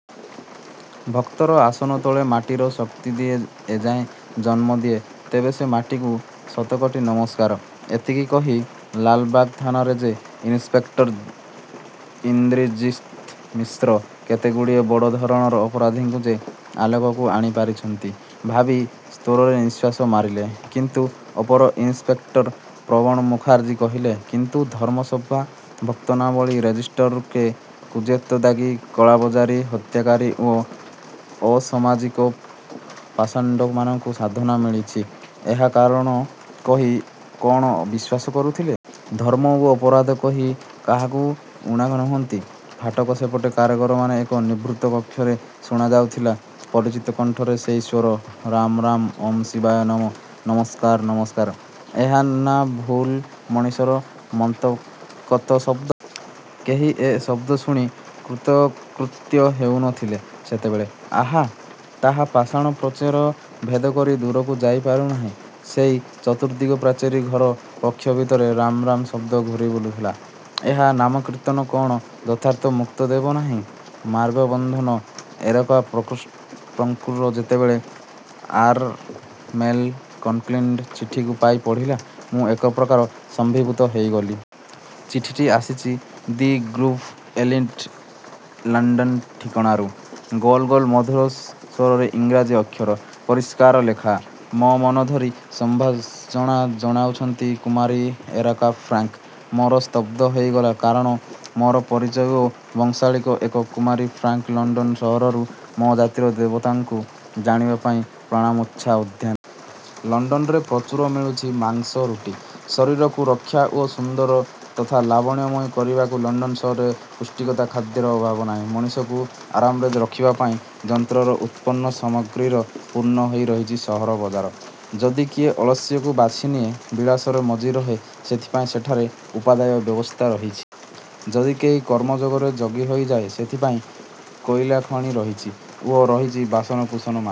"ଭକ୍ତର ଆସନ ତଳେ ମାଟିର ଶକ୍ତି ଯଦି ଏଇଆ ଜନ୍ମଦିଏ, ତେବେ ସେ ମାଟିକୁ ଶତକୋଟି ନମସ୍କାର" ଏତିକି କହି ଲାଲବାଗ ଥାନାର ଯେ ଇନିସ୍ପେକ୍ଟର ଇନ୍ଦ୍ରଜିତ୍ ମିଶ୍ର କେତେଗୁଡ଼ାଏ ବଡ଼ ଧରଣର ଅପରାଧୀଙ୍କୁ ଯେ ଆଲୋକକୁ ଆଣିପାରିଛନ୍ତି, ଭାବି ସ୍ଵସ୍ତିରେ ନିଃଶ୍ୱାସ ମାରିଲେ। "-କିନ୍ତୁ" ଅପର ଇନିସ୍ପେକଟର ପ୍ରବଣ ମୁଖାର୍ଜି କହିଲେ, "କିନ୍ତୁ ଧର୍ମସଭା ଭକ୍ତନାମାବଳୀ ରେଜିଷ୍ଟରରୁ ଯେ କୁଖ୍ୟାତ ଦାଗୀ, କଳାବଜାରୀ, ହତ୍ୟାକାରୀ ଓ ଅସାମାଜିକ ପାଷଣ୍ଡଙ୍କର ସନ୍ଧାନ ମିଳିବ, ଏକଥା କେହି କଅଣ ବିଶ୍ୱାସ କରୁଥିଲା? ଧର୍ମ ଓ ଅପରାଧ କେହି କାହାକୁ ଊଣା ନୁହନ୍ତି। ଫାଟକ ସେପଟେ କାରାଗାରର ଏକ ନିଭୃତ କକ୍ଷରେ ଶୁଣାଯାଇଥିଲା, ପରିଚିତ କଣ୍ଠର ସେହି ସ୍ଵର "ରାମ୍ ରାମ୍, ଓଁ ଶିବାୟ ନମଃ, ନମସ୍କାର… ନମସ୍କାର। " ଏହା ନ ଥିଲା ଭଲ ମଣିଷର ମର୍ମାନ୍ତକ ଶବ୍ଦ। କେହି ଏ ଶବ୍ଦ ଶୁଣି କୃତକୃତ୍ୟ ହେଉ ନଥିଲେ ସେତେବେଳେ। ଆହା! ତାହା ପାଷାଣ ପ୍ରାଚୀର ଭେଦକରି ଦୂରକୁ ଯାଇପାରୁନଥିଲା। ସେହି ଚତୁର୍ଦ୍ଦିଗ ପ୍ରାଚୀର-ଘେରା କକ୍ଷଭିତରେ ରାମ୍ ରାମ୍ ଶବ୍ଦ ଘୂରିବୁଲୁଥିଲା। ଏହି ନାମକୀର୍ତ୍ତନ କଅଣ ଯଥାର୍ଥ ମୁକ୍ତି ଦେବନାହିଁ? ମାର୍ଗ-ବନ୍ଧନୀ ଏରାକା ଫ୍ରାଙ୍କ୍ଠାରୁ ଯେତେବେଳେ ଏଆର୍ ମେଲ୍ ଇନ୍ଲ୍ୟାଣ୍ଡ ଚିଠିଟି ପାଇ ପଢ଼ିଲି ମୁଁ ଏକପ୍ରକାର ସ୍ତମ୍ଭୀଭୂତ ହୋଇଗଲି। ଚିଠିଟି ଆସିଛି, ଦି' ଗ୍ରୁଭ ଏଲିଣ୍ଡ୍, ଲଣ୍ଡନ ଠିକଣାରୁ। ଗୋଲ ଗୋଲ ମଧୁର ସୁନ୍ଦର ଇଂରାଜୀ ଅକ୍ଷର। ପରିଷ୍କାର ଲେଖା। ମୋ ନାମ ଧରି ସମ୍ଭାଷଣ ଜଣାଇଛନ୍ତି କୁମାରୀ ଏରାକା ଫ୍ରାଙ୍କ୍। ମୋର ସ୍ତବ୍ଧ ହୋଇଯିବାର କାରଣ, ମୋର ପରିଚୟ ଓ ବଂଶାବଳୀ ଏବଂ କୁମାରୀ ଫ୍ରାଙ୍କ୍ର ଲଣ୍ଡନ ସହରରୁ ମୋ ଜାତିର ଦେବତାକୁ ଜାଣିବା ପାଇଁ ପ୍ରାଣମୂର୍ଚ୍ଛା ଉଦ୍ୟମ। ଲଣ୍ଡନରେ ପ୍ରଚୁର ମିଳୁଛି ମାଂସ, ରୁଟି। ଶରୀରକୁ ରକ୍ଷା ଓ ସୁନ୍ଦର ତଥା ଲାବଣ୍ୟମୟ କରିବାକୁ ଲଣ୍ଡନ ସହରରେ ପୁଷ୍ଟିକର ଖାଦ୍ୟର ଅଭାବ ନାହିଁ। ମଣିଷକୁ ଆରାମରେ ରଖିବାପାଇଁ ଯନ୍ତ୍ରରୁ ଉତ୍ପନ୍ନ ସାମଗ୍ରୀରେ ପୂର୍ଣ୍ଣ ହୋଇ ରହିଛି ସହର ବଜାର। ଯଦି କିଏ ଆଳସ୍ୟକୁ ବାଛି ନେଇ ବିଳାସରେ ମଜ୍ଜି ରହେ, ସେଥିପାଇଁ ସେଠାରେ ଉପାଦେୟ ବ୍ୟବସ୍ଥା ରହିଛି। ଯଦି କେହି କର୍ମଯୋଗର ଯୋଗୀ ହୋଇଯାଏ, ସେଥିପାଇଁ କୋଇଲା ଖଣି ରହିଛି ଓ ରହିଛି ବାସନକୁସନ ମାଜି